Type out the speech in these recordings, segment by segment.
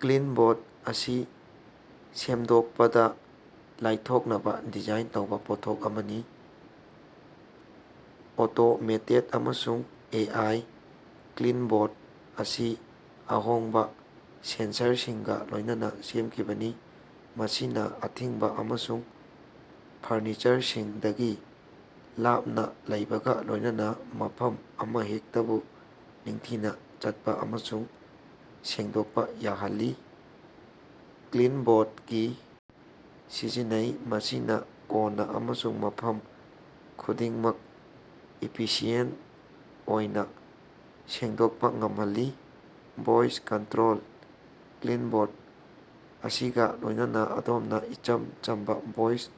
ꯀ꯭ꯂꯤꯟꯕꯣꯠ ꯑꯁꯤ ꯁꯦꯡꯗꯣꯛꯄꯗ ꯂꯥꯏꯊꯣꯛꯅꯕ ꯗꯤꯖꯥꯏꯟ ꯇꯧꯕ ꯄꯣꯠꯊꯣꯛ ꯑꯃꯅꯤ꯫ ꯑꯣꯇꯣꯃꯦꯇꯦꯗ ꯑꯃꯁꯨꯡ ꯑꯦ. ꯑꯥꯏ. ꯀ꯭ꯂꯤꯟꯕꯣꯠ ꯑꯁꯤ ꯑꯍꯣꯡꯕ ꯁꯦꯟꯁꯔꯁꯤꯡꯒ ꯂꯣꯏꯅꯅ ꯁꯦꯝꯈꯤꯕꯅꯤ꯫ ꯃꯁꯤꯅ ꯑꯊꯤꯡꯕ ꯑꯃꯁꯨꯡ ꯐꯔꯅꯤꯆꯔꯁꯤꯡꯗꯒꯤ ꯂꯥꯞꯅ ꯂꯩꯕꯒ ꯂꯣꯏꯅꯅ ꯃꯐꯝ ꯑꯃꯍꯦꯛꯇꯕꯨ ꯅꯤꯡꯊꯤꯅ ꯆꯠꯄ ꯑꯃꯁꯨꯡ ꯁꯦꯡꯗꯣꯛꯄ ꯌꯥꯍꯜꯂꯤ꯫ ꯀ꯭ꯂꯤꯟꯕꯣꯠꯀꯤ ꯁꯤꯖꯤꯟꯅꯩ꯫ ꯃꯁꯤꯅ ꯀꯣꯟꯅ ꯑꯃꯁꯨꯡ ꯃꯐꯝ ꯈꯨꯗꯤꯡꯃꯛ ꯏꯐꯤꯁꯤꯌꯦꯟꯇ ꯑꯣꯏꯅ ꯁꯦꯡꯗꯣꯛꯄ ꯉꯝꯍꯜꯂꯤ꯫ ꯚꯣꯏꯁ ꯀꯟꯇ꯭ꯔꯣꯜ: ꯀ꯭ꯂꯤꯟꯕꯣꯠ ꯑꯁꯤꯒ ꯂꯣꯏꯅꯅ ꯑꯗꯣꯝꯅ ꯏꯆꯝ ꯆꯝꯕ ꯚꯣꯏꯁ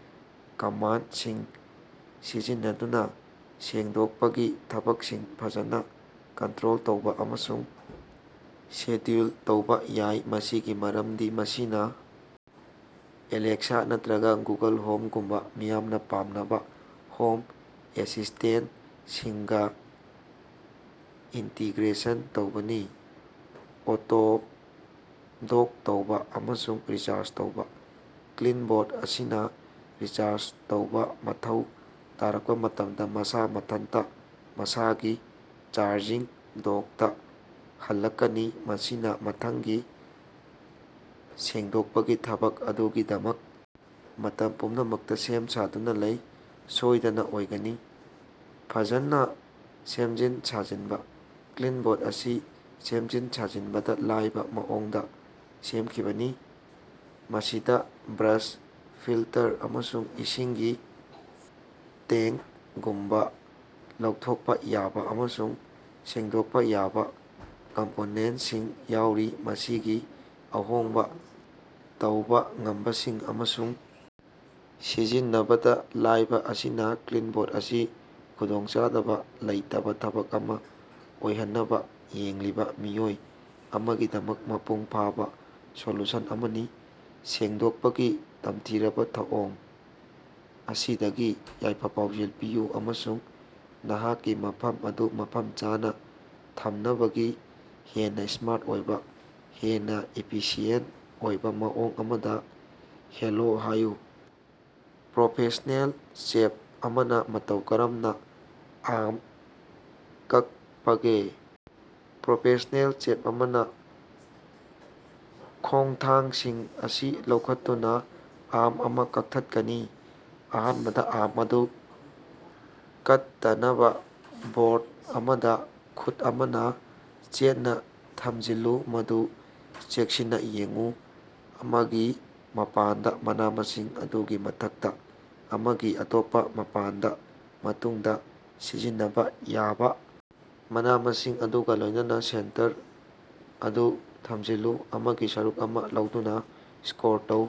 ꯀꯃꯥꯟꯗꯁꯤꯡ ꯁꯤꯖꯤꯟꯅꯗꯨꯅ ꯁꯦꯡꯗꯣꯛꯄꯒꯤ ꯊꯕꯛꯁꯤꯡ ꯐꯖꯟꯅ ꯀꯟꯇ꯭ꯔꯣꯜ ꯇꯧꯕ ꯑꯃꯁꯨꯡ ꯁꯦꯗ꯭ꯌꯨꯜ ꯇꯧꯕ ꯌꯥꯏ꯫ ꯃꯁꯤꯒꯤ ꯃꯔꯝꯗꯤ ꯃꯁꯤꯅ ꯑꯦꯂꯦꯛꯁꯥ ꯅꯠꯇ꯭ꯔꯒ ꯒꯨꯒꯜ ꯍꯣꯝꯒꯨꯝꯕ ꯃꯤꯌꯥꯝꯅ ꯄꯥꯝꯅꯕ ꯍꯣꯝ ꯑꯦꯁꯤꯁ꯭ꯇꯦꯟꯇꯁꯤꯡꯒ ꯏꯟꯇꯤꯒ꯭ꯔꯦꯁꯟ ꯇꯧꯕꯅꯤ꯫ ꯑꯣꯇꯣ-ꯗꯣꯛ ꯇꯧꯕ ꯑꯃꯁꯨꯡ ꯔꯤꯆꯥꯔꯖ ꯇꯧꯕ: ꯀ꯭ꯂꯤꯟꯕꯣꯠ ꯑꯁꯤꯅ ꯔꯤꯆꯥꯔꯖ ꯇꯧꯕ ꯃꯊꯧ ꯇꯥꯔꯛꯄ ꯃꯇꯝꯗ ꯃꯁꯥ ꯃꯊꯟꯇ ꯃꯁꯥꯒꯤ ꯆꯥꯔꯖꯤꯡ ꯗꯣꯛꯇ ꯍꯜꯂꯛꯀꯅꯤ꯫ ꯃꯁꯤꯅ ꯃꯊꯪꯒꯤ ꯁꯦꯡꯗꯣꯛꯄꯒꯤ ꯊꯕꯛ ꯑꯗꯨꯒꯤꯗꯃꯛ ꯃꯇꯝ ꯄꯨꯝꯅꯃꯛꯇ ꯁꯦꯝ ꯁꯥꯗꯨꯅ ꯂꯩꯕ ꯁꯣꯏꯗꯅ ꯑꯣꯏꯒꯅꯤ꯫ ꯐꯖꯟꯅ ꯁꯦꯝꯖꯤꯟ-ꯁꯥꯖꯤꯟꯕ: ꯀ꯭ꯂꯤꯟꯕꯣꯠ ꯑꯁꯤ ꯁꯦꯝꯖꯤꯟ-ꯁꯥꯖꯤꯟꯕꯗ ꯂꯥꯏꯕ ꯃꯑꯣꯡꯗ ꯁꯦꯝꯈꯤꯕꯅꯤ꯫ ꯃꯁꯤꯗ ꯕ꯭ꯔꯁ, ꯐꯤꯜꯇꯔ, ꯑꯃꯁꯨꯡ ꯏꯁꯤꯡꯒꯤ ꯇꯦꯡꯀꯒꯨꯝꯕ ꯂꯧꯊꯣꯛꯄ ꯌꯥꯕ ꯑꯃꯁꯨꯡ ꯁꯦꯡꯗꯣꯛꯄ ꯌꯥꯕ ꯀꯝꯄꯣꯅꯦꯟꯇꯁꯤꯡ ꯌꯥꯎꯔꯤ꯫ ꯃꯁꯤꯒꯤ ꯑꯍꯣꯡꯕ ꯇꯧꯕ ꯉꯝꯕꯁꯤꯡ ꯑꯃꯁꯨꯡ ꯁꯤꯖꯤꯟꯅꯕꯗ ꯂꯥꯏꯕ ꯑꯁꯤꯅ ꯀ꯭ꯂꯤꯟꯕꯣꯠ ꯑꯁꯤ ꯈꯨꯗꯣꯡꯆꯥꯗꯕ ꯂꯩꯇꯕ ꯊꯕꯛ ꯑꯃꯥ ꯑꯣꯏꯍꯟꯅꯕ ꯌꯦꯡꯂꯤꯕ ꯃꯤꯑꯣꯏ ꯑꯃꯒꯤꯗꯃꯛ ꯃꯄꯨꯡ ꯐꯥꯕ ꯁꯣꯂꯨꯁꯟ ꯑꯃꯅꯤ꯫ ꯁꯦꯡꯗꯣꯛꯄꯒꯤ ꯇꯝꯊꯤꯔꯕ ꯊꯧꯑꯣꯡ ꯑꯁꯤꯗꯒꯤ ꯌꯥꯏꯐ-ꯄꯥꯎꯖꯦꯜ ꯄꯤꯌꯨ ꯑꯃꯁꯨꯡ ꯅꯍꯥꯛꯀꯤ ꯃꯐꯝ ꯑꯗꯨ ꯃꯐꯝ ꯆꯥꯅ ꯊꯝꯅꯕꯒꯤ ꯍꯦꯟꯅ ꯁ꯭ꯃꯥꯔꯠ ꯑꯣꯏꯕ, ꯍꯦꯟꯅ ꯏꯐꯤꯁꯤꯌꯦꯟꯇ ꯑꯣꯏꯕ ꯃꯑꯣꯡ ꯑꯃꯗ ꯍꯦꯂꯣ ꯍꯥꯏꯌꯨ꯫ ꯄ꯭ꯔꯣꯐꯦꯁ꯭ꯅꯦꯜ ꯆꯦꯐ ꯑꯃꯅ ꯃꯇꯧ ꯀꯔꯝꯅ ꯑꯥꯝ ꯀꯛꯄꯒꯦ? ꯄ꯭ꯔꯣꯐꯦꯁ꯭ꯅꯦꯜ ꯆꯦꯐ ꯑꯃꯅ ꯈꯣꯡꯊꯥꯡꯁꯤꯡ ꯑꯁꯤ ꯂꯧꯈꯠꯇꯨꯅ ꯑꯥꯝ ꯑꯃꯥ ꯀꯛꯊꯠꯀꯅꯤ꯫ ꯑꯍꯥꯟꯕꯗ ꯑꯥꯝ ꯑꯗꯨ ꯀꯠꯇꯅꯕ ꯕꯣꯔꯗ ꯑꯃꯗ ꯈꯨꯠ ꯑꯃꯅ ꯆꯦꯠꯅ ꯊꯝꯖꯤꯜꯂꯨ꯫ ꯃꯗꯨ ꯆꯦꯛꯁꯤꯟꯅ ꯌꯦꯡꯎ, ꯑꯃꯒꯤ ꯃꯄꯥꯟꯗ, ꯃꯅꯥ-ꯃꯁꯤꯡ ꯑꯗꯨꯒꯤ ꯃꯊꯛꯇ꯫ ꯑꯃꯒꯤ ꯑꯇꯣꯞꯄ ꯃꯄꯥꯟꯗ, ꯃꯇꯨꯡꯗ ꯁꯤꯖꯤꯟꯅꯕ ꯌꯥꯕ ꯃꯅꯥ-ꯃꯁꯤꯡ ꯑꯗꯨꯒ ꯂꯣꯏꯅꯅ ꯁꯦꯟꯇꯔ ꯑꯗꯨ ꯊꯝꯖꯤꯜꯂꯨ꯫ ꯑꯃꯒꯤ ꯁꯔꯨꯛ ꯑꯃꯥ ꯂꯧꯗꯨꯅ ꯁ꯭ꯀꯣꯔ ꯇꯧ,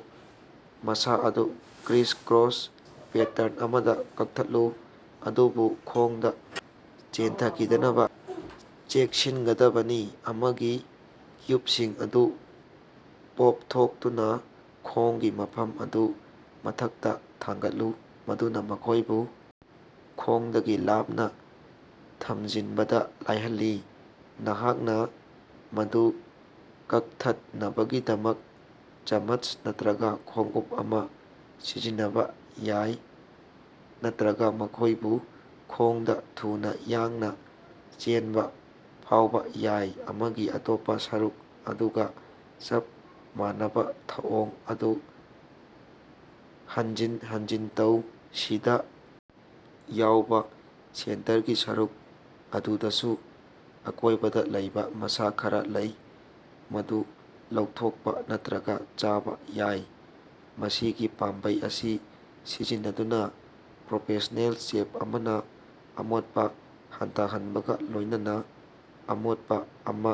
ꯃꯁꯥ ꯑꯗꯨ ꯀ꯭ꯔꯤꯁ-ꯀ꯭ꯔꯣꯁ ꯄꯦꯇꯔꯟ ꯑꯃꯗ ꯀꯛꯊꯠꯂꯨ ꯑꯗꯨꯕꯨ ꯈꯣꯡꯗ ꯆꯦꯟꯊꯈꯤꯗꯅꯕ ꯆꯦꯛꯁꯤꯟꯒꯗꯕꯅꯤ꯫ ꯑꯃꯒꯤ ꯀ꯭ꯌꯨꯕꯁꯤꯡ ꯑꯗꯨ ꯄꯣꯞꯊꯣꯛꯇꯨꯅ ꯈꯣꯡꯒꯤ ꯃꯐꯝ ꯑꯗꯨ ꯃꯊꯛꯇ ꯊꯥꯡꯒꯠꯂꯨ꯫ ꯃꯗꯨꯅ ꯃꯈꯣꯏꯕꯨ ꯈꯣꯡꯗꯒꯤ ꯂꯥꯞꯅ ꯊꯝꯖꯤꯟꯕꯗ ꯂꯥꯏꯍꯜꯂꯤ꯫ ꯅꯍꯥꯛꯅ ꯃꯗꯨ ꯀꯛꯊꯠꯅꯕꯒꯤꯗꯃꯛ ꯆꯃꯆ ꯅꯠꯇ꯭ꯔꯒ ꯈꯣꯡꯎꯞ ꯑꯃꯥ ꯁꯤꯖꯤꯟꯅꯕ ꯌꯥꯏ ꯅꯠꯇ꯭ꯔꯒ ꯃꯈꯣꯏꯕꯨ ꯈꯣꯡꯗꯥ ꯊꯨꯅ ꯌꯥꯡꯅ ꯆꯦꯟꯕ ꯐꯥꯎꯕ ꯌꯥꯏ꯫ ꯑꯃꯒꯤ ꯑꯇꯣꯞꯄ ꯁꯔꯨꯛ ꯑꯗꯨꯒ ꯆꯞ ꯃꯥꯟꯅꯕ ꯊꯧꯑꯣꯡ ꯑꯗꯨ ꯍꯟꯖꯤꯟ ꯍꯟꯖꯤꯟ ꯇꯧ꯫ ꯁꯤꯗ ꯌꯥꯎꯕ ꯁꯦꯟꯇꯔꯒꯤ ꯁꯔꯨꯛ ꯑꯗꯨꯗꯁꯨ ꯑꯀꯣꯏꯕꯗ ꯂꯩꯕ ꯃꯁꯥ ꯈꯔ ꯂꯩ, ꯃꯗꯨ ꯂꯧꯊꯣꯛꯄ ꯅꯠꯇ꯭ꯔꯒ ꯆꯥꯕ ꯌꯥꯏ꯫ ꯃꯁꯤꯒꯤ ꯄꯥꯝꯕꯩ ꯑꯁꯤ ꯁꯤꯖꯤꯟꯅꯗꯨꯅ ꯄ꯭ꯔꯣꯐꯦꯁ꯭ꯅꯦꯜ ꯆꯦꯐ ꯑꯃꯅ ꯑꯃꯣꯠꯄ ꯍꯟꯊꯍꯟꯕꯒ ꯂꯣꯏꯅꯅ ꯑꯃꯣꯠꯄ ꯑꯃꯥ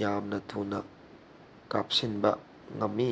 ꯌꯥꯝꯅ ꯊꯨꯅ ꯀꯥꯞꯁꯤꯟꯕ ꯉꯝꯃꯤ꯫